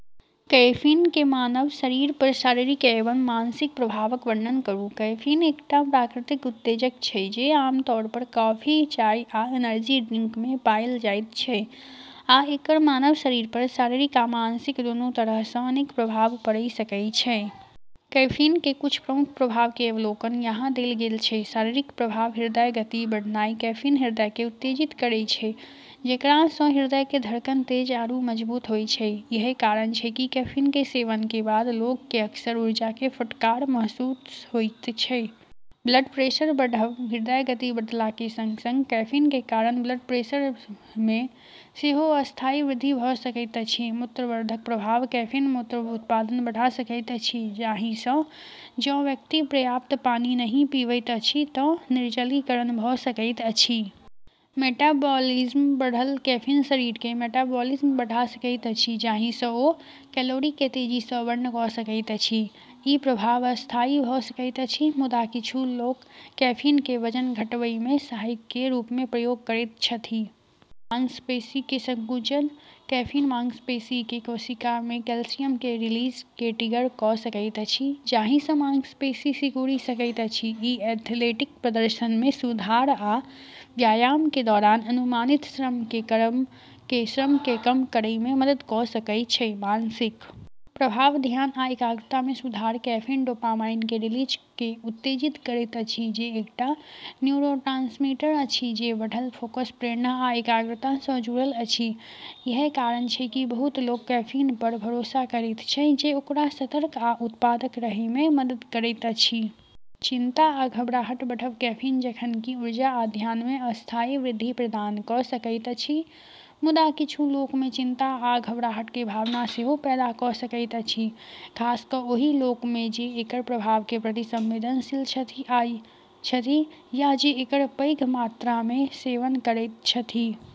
Caffeine के मानव शरीर पर शारीरिक एवं मानसिक प्रभावक वर्णन करू। कैफीन एकटा प्राकृतिक उत्तेजक छै जे आमतौर पर कॉफी, चाय, आ एनर्जी ड्रिंक मे पाएल जाइत छै, आ एकर मानव शरीर पर शारीरिक आ मानसिक दूनू तरह सँ अनेक प्रभाव पड़य सकय छै। कैफीन के कुछ प्रमुख प्रभाव के अवलोकन यहाँ देल गेल छै: शारीरिक प्रभाव: हृदय गति बढ़नाइ: कैफीन हृदय के उत्तेजित करै छै, जेकरा सँ हृदय के धड़कन तेज आरू मजबूत होय छै। इएह कारण छै कि कैफीन के सेवन के बाद लोग के अक्सर ऊर्जा के फटकार महसूस होइत छै। ब्लड प्रेशर बढ़ब: हृदय गति बढ़ला के संग-संग कैफीन के कारण ब्लड प्रेशर मे सेहो अस्थायी वृद्धि भऽ सकैत अछि। मूत्रवर्धक प्रभाव: कैफीन मूत्र उत्पादन बढ़ा सकैत अछि, जाहि सँ जँ व्यक्ति पर्याप्त पानी नहि पीबैत अछि तँ निर्जलीकरण भ' सकैत अछि। मेटाबॉलिज्म बढ़ल: कैफीन शरीर के मेटाबॉलिज्म बढ़ा सकैत अछि, जाहि सँ ओ कैलोरी के तेजी सँ बर्न कऽ सकैत अछि। ई प्रभाव अस्थायी भऽ सकैत अछि, मुदा किछु लोक कैफीन के वजन घटबै मे सहायक के रूप मे प्रयोग करैत छथि। मांसपेशी के संकुचन: कैफीन मांसपेशी के कोशिका मे कैल्शियम के रिलीज के ट्रिगर कऽ सकैत अछि, जाहि सँ मांसपेशी सिकुड़ि सकैत अछि। ई एथलेटिक प्रदर्शन मे सुधार आ व्यायाम के दौरान अनुमानित श्रम के कम करय मे मदद कऽ सकय छै। मानसिक प्रभाव: ध्यान आ एकाग्रता मे सुधार: कैफीन डोपामाइन के रिलीज के उत्तेजित करैत अछि, जे एकटा न्यूरोट्रांसमीटर अछि जे बढ़ल फोकस, प्रेरणा, आ एकाग्रता सँ जुड़ल अछि। इएह कारण छै कि बहुत लोक कैफीन पर भरोसा करैत छै जे ओकरा सतर्क आ उत्पादक रहय मे मदद करैत अछि। चिंता आ घबराहट बढ़ब: कैफीन जखन कि ऊर्जा आ ध्यान मे अस्थायी वृद्धि प्रदान कऽ सकैत अछि, मुदा किछु लोक मे चिंता आ घबराहट के भावना सेहो पैदा कऽ सकैत अछि, खास कऽ ओहि लोक मे जे एकर प्रभाव के प्रति संवेदनशील छथि या जे एकर पैघ मात्रा मे सेवन करैत छथि।